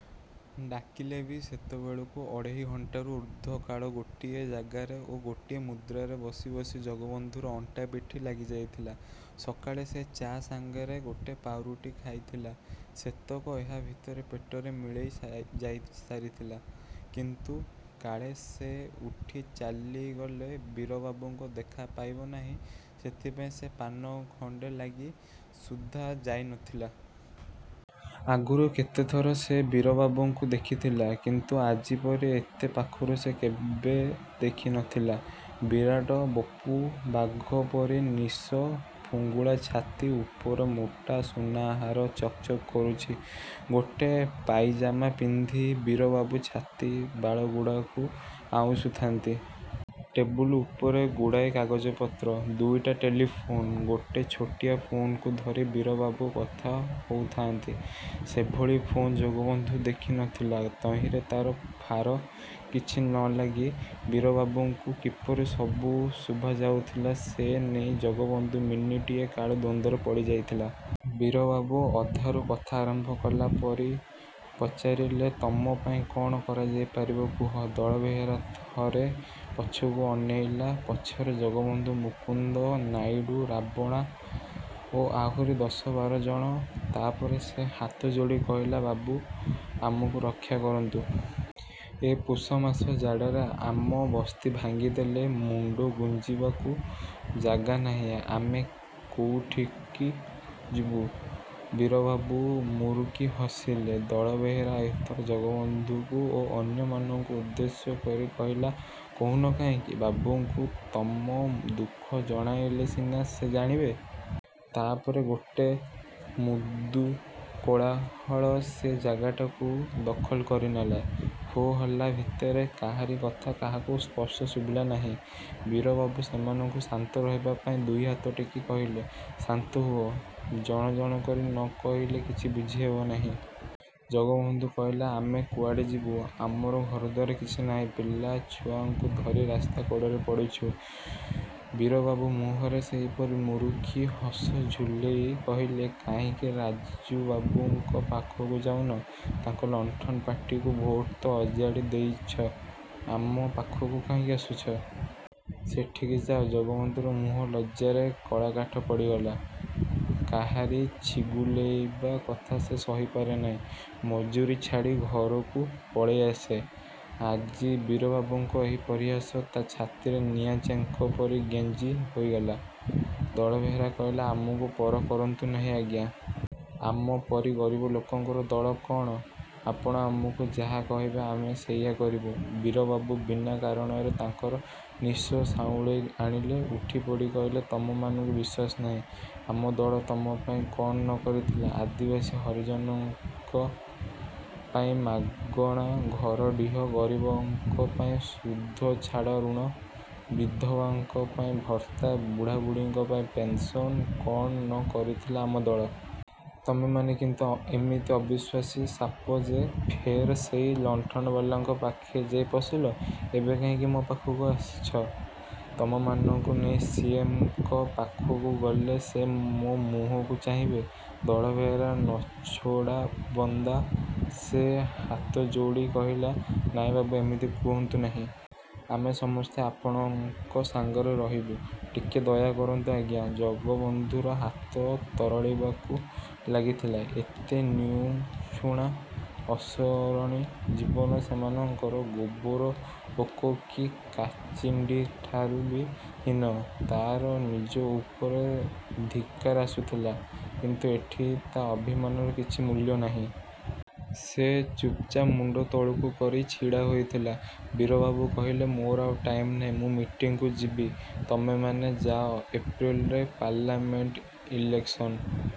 ଡାକିଲେ ବି, ସେତେବେଳକୁ ଅଢ଼େଇ ଘଣ୍ଟାରୁ ଊର୍ଦ୍ଧ୍ୱ କାଳ ଗୋଟିଏ ଜାଗାରେ ଓ ଗୋଟିଏ ମୁଦ୍ରାରେ ବସି ବସି ଜଗବନ୍ଧୁର ଅଣ୍ଟାପିଠି ଲାଗିଯାଇଥିଲା। ସକାଳେ ସେ ଚା' ସାଙ୍ଗରେ ଗୋଟେ ପାଉଁରୁଟି ଖାଇଥିଲା। ସେତକ ଏହା ଭିତରେ ପେଟରେ ମିଳେଇ ସା ଯାଇସାରିଥିଲା। କିନ୍ତୁ କାଳେ ସେ ଉଠି ଚାଲିଗଲେ ବୀରବାବୁଙ୍କ ଦେଖା ପାଇବ ନାହିଁ, ସେଥିପାଇଁ ସେ ପାନ ଖଣ୍ଡେ ଲାଗି ସୁଦ୍ଧା ଯାଇ ନଥିଲା। ଆଗରୁ କେତେଥର ସେ ବୀରବାବୁଙ୍କୁ ଦେଖିଥିଲା। କିନ୍ତୁ ଆଜି ପରି ଏତେ ପାଖରୁ ସେ କେବେ ଦେଖି ନଥିଲା। ବିରାଟ ବପୁ, ବାଘ ପରି ନିଶ। ଫୁଙ୍ଗୁଳା ଛାତି ଉପର ମୋଟା ସୁନାହାର ଚକ୍ ଚକ୍ କରୁଛି। ଗୋଟେ ପାଇଜାମା ପିନ୍ଧି ବୀରବାବୁ ଛାତିବାଳଗୁଡ଼ାକୁ ଆଉଁଶୁଥାନ୍ତି। ଟେବୁଲ ଉପରେ ଗୁଡ଼ାଏ କାଗଜପତ୍ର। ଦୁଇଟା ଟେଲିଫୋନ୍। ଗୋଟେ ଛୋଟିଆ ଫୋନ୍‌କୁ ଧରି ବୀରବାବୁ କଥା ହଉଥାଆନ୍ତି। ସେଭଳି ଫୋନ୍ ଜଗବନ୍ଧୁ ଦେଖି ନ ଥିଲା। ତହିଁରେ ତାର ଫାର କିଛି ନଲାଗି ବୀରବାବୁକୁ କିପରି ସବୁ ଶୁଭାଯାଉଥିଲା, ସେ ନେଇ ଜଗବନ୍ଧୁ ମିନିଟିଏ କାଳ ଦ୍ୱନ୍ଦ୍ୱରେ ପଡ଼ିଯାଇଥିଲା। ବୀରବାବୁ ଅଧାରୁ କଥା ଆରମ୍ଭ କଲା ପରି ପଚାରିଲେ, "ତମ ପାଇଁ କଣ କରାଯାଇପାରିବ କୁହ?" ଦଳବେହେରା ଥରେ ପଛକୁ ଅନେଇଲା। ପଛରେ ଜଗବନ୍ଧୁ, ମୁକୁନ୍ଦ, ନାଇଡୁ, ରାବଣା ଓ ଆହୁରି ଦଶ ବାର ଜଣ। ତାପରେ ସେ ହାତଯୋଡ଼ି କହିଲା, "ବାବୁ, ଆମକୁ ରକ୍ଷା କରନ୍ତୁ। ଏ ପୁଷମାସ ଜାଡ଼ରେ ଆମ ବସ୍ତି ଭାଙ୍ଗିଦେଲେ। ମୁଣ୍ଡ ଗୁଂଜିବାକୁ ଜାଗା ନାହିଁ। ଆମେ କୋଉଠିକୁ ଯିବୁ?" ବୀରବାବୁ ମୁରୁକି ହସିଲେ। ଦଳବେହେରା ଏଥର ଜଗବନ୍ଧୁକୁ ଓ ଅନ୍ୟମାନଙ୍କୁ ଉଦ୍ଦେଶ୍ୟ କରି କହିଲା, "କହୁନ କାହିଁକି? ବାବୁଙ୍କୁ ତମ ଦୁଃଖ ଜଣାଇଲେ ସିନା ସେ ଜାଣିବେ।" ତାପରେ ଗୋଟେ ମୃଦୁ କୋଳାହଳ ସେ ଜାଗାଟାକୁ ଦଖଲ କରି ନେଲା। ହୋ ହଲ୍ଲା ଭିତରେ କାହାରି କଥା କାହାକୁ ସ୍ପଷ୍ଟ ଶୁଭିଲା ନାହିଁ। ବୀରବାବୁ ସେମାନଙ୍କୁ ଶାନ୍ତ ରହିବା ପାଇଁ ଦୁଇହାତ ଟେକି କହିଲେ, "ଶାନ୍ତ ହୁଅ। ଜଣ ଜଣ କରି ନ କହିଲେ କିଛି ବୁଝିହେବ ନାହିଁ।" ଜଗବନ୍ଧୁ କହିଲା, "ଆମେ କୁଆଡ଼େ ଯିବୁ? ଆମର ଘରଦ୍ୱାର କିଛି ନାହିଁ। ପିଲାଛୁଆଙ୍କୁ ଧରି ରାସ୍ତାକଡ଼ରେ ପଡ଼ିଛୁ।" ବୀରବାବୁ ମୁହଁରେ ସେହିପରି ମୁରୁକି ହସ ଝୁଲେଇ କହିଲେ, "କାହିଁକି ରାଜୁବାବୁଙ୍କ ପାଖକୁ ଯାଉନ? ତାଙ୍କ ଲଣ୍ଠନ ପାର୍ଟିକୁ ଭୋଟ୍ ତ ଅଜାଡ଼ି ଦେଇଛ, ଆମ ପାଖକୁ କାହିଁକି ଆସୁଛ? ସେଠିକି ଯାଅ।" ଜଗବନ୍ଧୁର ମୁହଁ ଲଜ୍ଜାରେ କଳାକାଠ ପଡ଼ିଗଲା। କାହାରି ଛିଗୁଲେଇବା କଥା ସେ ସହିପାରେ ନାହିଁ, ମଜୁରି ଛାଡ଼ି ଘରକୁ ପଳେଇ ଆସେ। ଆଜି ବୀରବାବୁଙ୍କ ଏହି ପରିହାସ ତା ଛାତିରେ ନିଆଁଚେଙ୍କ ପରି ଗେଂଜି ହୋଇଗଲା। ଦଳବେହେରା କହିଲା, "ଆମକୁ ପର କରନ୍ତୁ ନାହିଁ, ଆଜ୍ଞା। ଆମ ପରି ଗରିବ ଲୋକଙ୍କର ଦଳ କଣ? ଆପଣ ଆମକୁ ଯାହା କହିବେ, ଆମେ ସେଇଆ କରିବୁ।" ବୀରବାବୁ ବିନା କାରଣରେ ତାଙ୍କର ନିଶ ସାଉଁଳେଇ ଆଣିଲେ। ଉଠିପଡ଼ି କହିଲେ, "ତମମାନଙ୍କୁ ବିଶ୍ୱାସ ନାହିଁ। ଆମ ଦଳ ତମ ପାଇଁ କଣ ନ କରିଥିଲା! ଆଦିବାସୀ ହରିଜନଙ୍କ ପାଇଁ ମାଗଣା ଘର ଡିହ, ଗରିବଙ୍କ ପାଇଁ ସୁଧଛାଡ଼ ଋଣ, ବିଧବାଙ୍କ ପାଇଁ ଭତ୍ତା, ବୁଢ଼ାବୁଢ଼ୀଙ୍କ ପାଇଁ ପେନ୍ସନ୍ କଣ ନ କରିଥିଲା ଆମ ଦଳ? ତମେମାନେ କିନ୍ତୁ ଏମିତି ଅବିଶ୍ୱାସୀ ସାପ ଯେ, ଫେର୍ ସେଇ ଲଣ୍ଠନବାଲାଙ୍କ ପାଖେ ଯାଇ ପଶିଲ। ଏବେ କାହିଁକି ମୋ ପାଖକୁ ଆସିଛ? ତମମାନଙ୍କୁ ନେଇ ସିଏମ୍‌ଙ୍କ ପାଖକୁ ଗଲେ ସେ ମୋ ମୁହଁକୁ ଚାହିଁବେ?" ଦଳବେହେରା ନଛୋଡ଼ାବନ୍ଦା। ସେ ହାତଯୋଡ଼ି କହିଲା, "ନାଇଁ ବାବୁ, ଏମିତି କୁହନ୍ତୁ ନାହିଁ। ଆମେ ସମସ୍ତେ ଆପଣଙ୍କ ସାଙ୍ଗରେ ରହିବୁ। ଟିକେ ଦୟା କରନ୍ତୁ ଆଜ୍ଞା।" ଜଗବନ୍ଧୁର ହାଡ଼ ତରଳିବାକୁ ଲାଗିଥିଲା। ଏତେ ନିଉଛୁଣା, ଅସରଣି ଜୀବନ ସେମାନଙ୍କର! ଗୋବର ପୋକ କି କାଚିଣ୍ଡିଠାରୁ ବି ହୀନ। ତାର ନିଜ ଉପରେ ଧିକ୍କାର ଆସୁଥିଲା। କିନ୍ତୁ ଏଠି ତା ଅଭିମାନର କିଛି ମୂଲ୍ୟ ନାହିଁ। ସେ ଚୁପ୍‌ଚାପ୍ ମୁଣ୍ଡ ତଳକୁ କରି ଛିଡ଼ା ହୋଇଥିଲା। ବୀରବାବୁ କହିଲେ, "ମୋର ଆଉ ଟାଇମ୍ ନାହିଁ। ମୁଁ ମିଟିଂକୁ ଯିବି। ତମେମାନେ ଯାଅ। ଏପ୍ରିଲରେ ପାର୍ଲାମେଣ୍ଟ ଇଲେକ୍ସନ୍।"